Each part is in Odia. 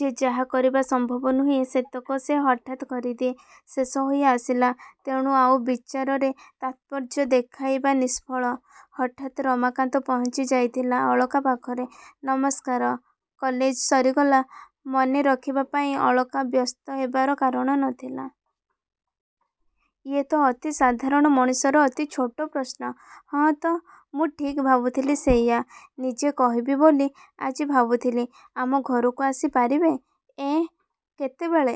ଯେ ଯାହା କରିବା ସମ୍ଭବ ନୁହେଁ ସେତକ ସେ ହଠାତ୍ କରିଦିଏ। ଶେଷ ହୋଇ ଆସିଲା–ତେଣୁ ଆଉ ବିଚାରରେ ତାତ୍ପର୍ଯ୍ୟ ଦେଖାଇବା ନିଷ୍ଫଳ। ହଠାତ୍ ରମାକାନ୍ତ ପହଞ୍ଚି ଯାଇଥିଲା ଅଳକା ପାଖରେ–ନମସ୍କାର। କଲେଜ ସରିଗଲା-। ମନେ ରଖିବା ପାଇଁ ଅଳକା ବ୍ୟସ୍ତ ହେବାର କାରଣ ନ ଥିଲା। ଇଏ ତ ଅତି ସାଧାରଣ ମଣିଷର ଅତି ଛୋଟ ପ୍ରଶ୍ନ। –ହଁ, ତ, ମୁଁ ଠିକ୍ ଭାବୁଥିଲି ସେଇଆ। ନିଜେ କହିବି ବୋଲି ଆଜି ଭାବୁଥିଲି। ଆମ ଘରକୁ ଆସି ପାରିବେ? –ଏଁ, କେତେବେଳେ?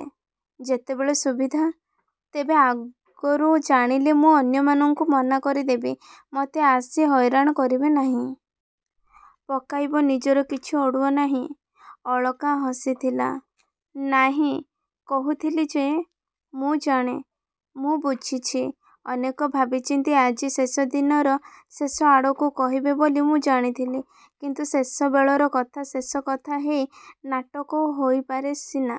–ଯେତେବେଳେ ସୁବିଧା। ତେବେ ଆଗରୁ ଜାଣିଲେ ମୁଁ ଅନ୍ୟମାନଙ୍କୁ ମନା କରିଦେବି ମତେ ଆସି ହଇରାଣ କରିବେ ନାହିଁ। ପକାଇବ–ନିଜର କିଛି ଅଡ଼ୁଆ ନାହିଁ।... ଅଳକା ହସିଥିଲା। –ନାହିଁ, କହୁଥିଲି ଯେ –ମୁଁ ଜାଣେ। ମୁଁ ବୁଝିଛି। ଅନେକ ଭାବିଚିନ୍ତି ଆଜି ଶେଷ ଦିନର ଶେଷ ଆଡ଼କୁ କହିବେ ବୋଲି ମୁଁ ଜାଣିଥିଲି; କିନ୍ତୁ ଶେଷ ବେଳର କଥା ଶେଷ କଥା ହେଇ ନାଟକ ହୋଇପାରେ ସିନା।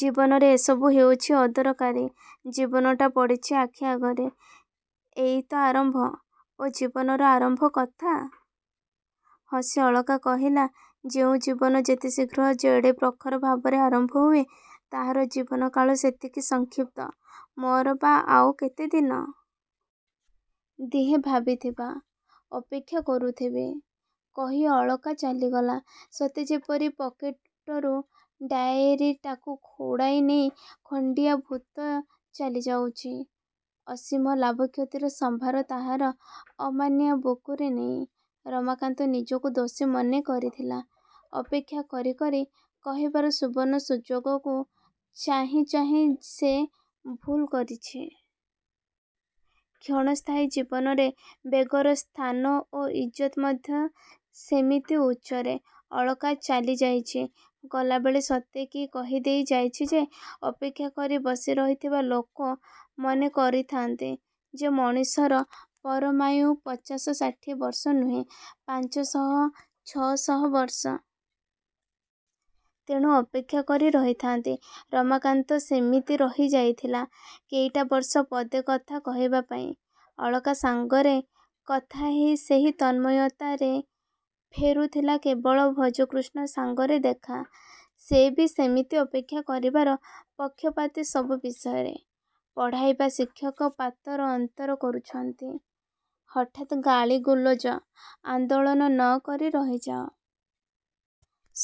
ଜୀବନରେ ଏସବୁ ହେଉଛି ଅଦରକାରୀ। –ଜୀବନଟା ପଡ଼ିଛି ଆଖି ଆଗରେ। ଏଇ ତ ଆରମ୍ଭ। –ଓ, ଜୀବନର ଆରମ୍ଭ କଥା? ହସି ଅଳକା କହିଲା–ଯେଉଁ ଜୀବନ ଯେତେ ଶୀଘ୍ର ଯେଡ଼େ ପ୍ରଖର ଭାବରେ ଆରମ୍ଭ ହୁଏ ତାହାର ଜୀବନକାଳ ସେତିକି ସଂକ୍ଷିପ୍ତ। ମୋର ବା ଆଉ କେତେ ଦିନ? ଦିହେଁ ଭାବିଥିବା... ଅପେକ୍ଷା କରୁଥିବି... କହି ଅଳକା ଚାଲିଗଲା। ସତେ ଯେପରି ପକେଟରୁ ଡାଏରୀଟାକୁ ଉଡ଼ାଇ ନେଇ ଖଣ୍ଡିଆ ଭୂତ ଚାଲିଯାଉଛି–ଅସୀମ ଲାଭକ୍ଷତିର ସମ୍ଭାର ତାହାର ଅମାନିଆ ବୁକୁରେ ନେଇ। ରମାକାନ୍ତ ନିଜକୁ ଦୋଷୀ ମନେକରିଥିଲା। –ଅପେକ୍ଷା କରି କରି କହିବାର ସୁବର୍ଣ୍ଣ ସୁଯୋଗକୁ ଚାହିଁ ଚାହିଁ ସେ ଭୁଲ କରିଛି। କ୍ଷଣସ୍ଥାୟୀ ଜୀବନରେ ବେଗର ସ୍ଥାନ ଓ ଇଜ୍ଜତ୍ ମଧ୍ୟ ସେମିତି ଉଚ୍ଚରେ। ଅଳକା ଚାଲି ଯାଇଛି। ଗଲାବେଳେ ସତେ କି କହି ଦେଇ ଯାଇଛି ଯେ, ଅପେକ୍ଷା କରି ବସି ରହିଥିବା ଲୋକ ମନେ କରିଥାନ୍ତି ଯେ ମଣିଷର ପରମାୟୁ ପଚାଶ ଷାଠିଏ ବର୍ଷ ନୁହେଁ–ପାଞ୍ଚ ଶହ ଛଅ ଶହ ବର୍ଷ। ତେଣୁ ଅପେକ୍ଷା କରି ରହିଥାନ୍ତି। ରମାକାନ୍ତ ସେମିତି ରହି ଯାଇଥିଲା କେଇଟା ବର୍ଷ–ପଦେ କଥା କହିବା ପାଇଁ। ଅଳକା ସାଙ୍ଗରେ କଥା ହେଇ ସେହି ତନ୍ମୟତାରେ ଫେରୁଥିଲା ବେଳେ ଭଜକୃଷ୍ଣ ସାଙ୍ଗରେ ଦେଖା–ସେ ବି ସେମିତି ଅପେକ୍ଷା କରିବାର ପକ୍ଷପାତୀ ସବୁ ବିଷୟରେ। ପଢ଼ାଇବା ଶିକ୍ଷକ ପାତର ଅନ୍ତର କରୁଛନ୍ତି–ହଠାତ୍ ଗାଳି ଗୁଲଜ, ଆନ୍ଦୋଳନ ନ କରି ରହିଯାଅ।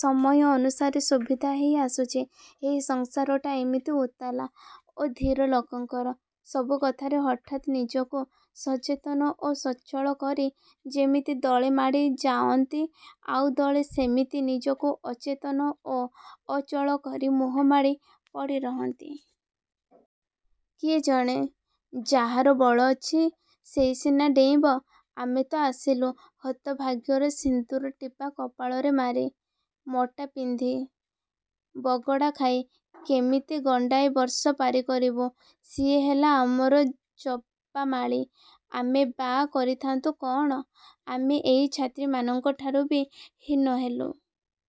ସମୟ ଅନୁସାରେ ସୁବିଧା ହେଇ ଆସୁଛି। ଏହି ସଂସାରଟା ଏମିତି ଉତ୍ତାଲା ଓ ଧୀର ଲୋକଙ୍କର। ସବୁ କଥାରେ ହଠାତ୍ ନିଜକୁ ସଚେତନ ଓ ସଚଳ କରି ଯେମିତି ଦଳେ ମାଡ଼ି ଯାଅନ୍ତି ଆଉ ଦଳେ ସେମିତି ନିଜକୁ ଅଚେତନ ଓ ଅଚଳକରି ମୁହଁମାଡ଼ି ପଡ଼ି ରହନ୍ତି। –କିଏ ଜାଣେ? ଯାହାର ବଳ ଅଛି ସେଇ ସିନା ଡେଇଁବ। ଆମେ ତ ଆସିଲୁ ହତଭାଗ୍ୟର ସିନ୍ଦୁରଟିପା କପାଳରେ ମାରି। ମୋଟା ପିନ୍ଧି, ବଗଡ଼ା ଖାଇ–କେମିତି ଗଣ୍ଡାଏ ବର୍ଷ ପାରିକରିବୁ, ସିଏ ହେଲା ଆମର ଜପାମାଳି। ଆମେ ବା କରିଥାନ୍ତୁ କ'ଣ? –ଆମେ ଏଇ ଛାତ୍ରୀମାନଙ୍କଠାରୁ ବି ହୀନ ହେଲୁ।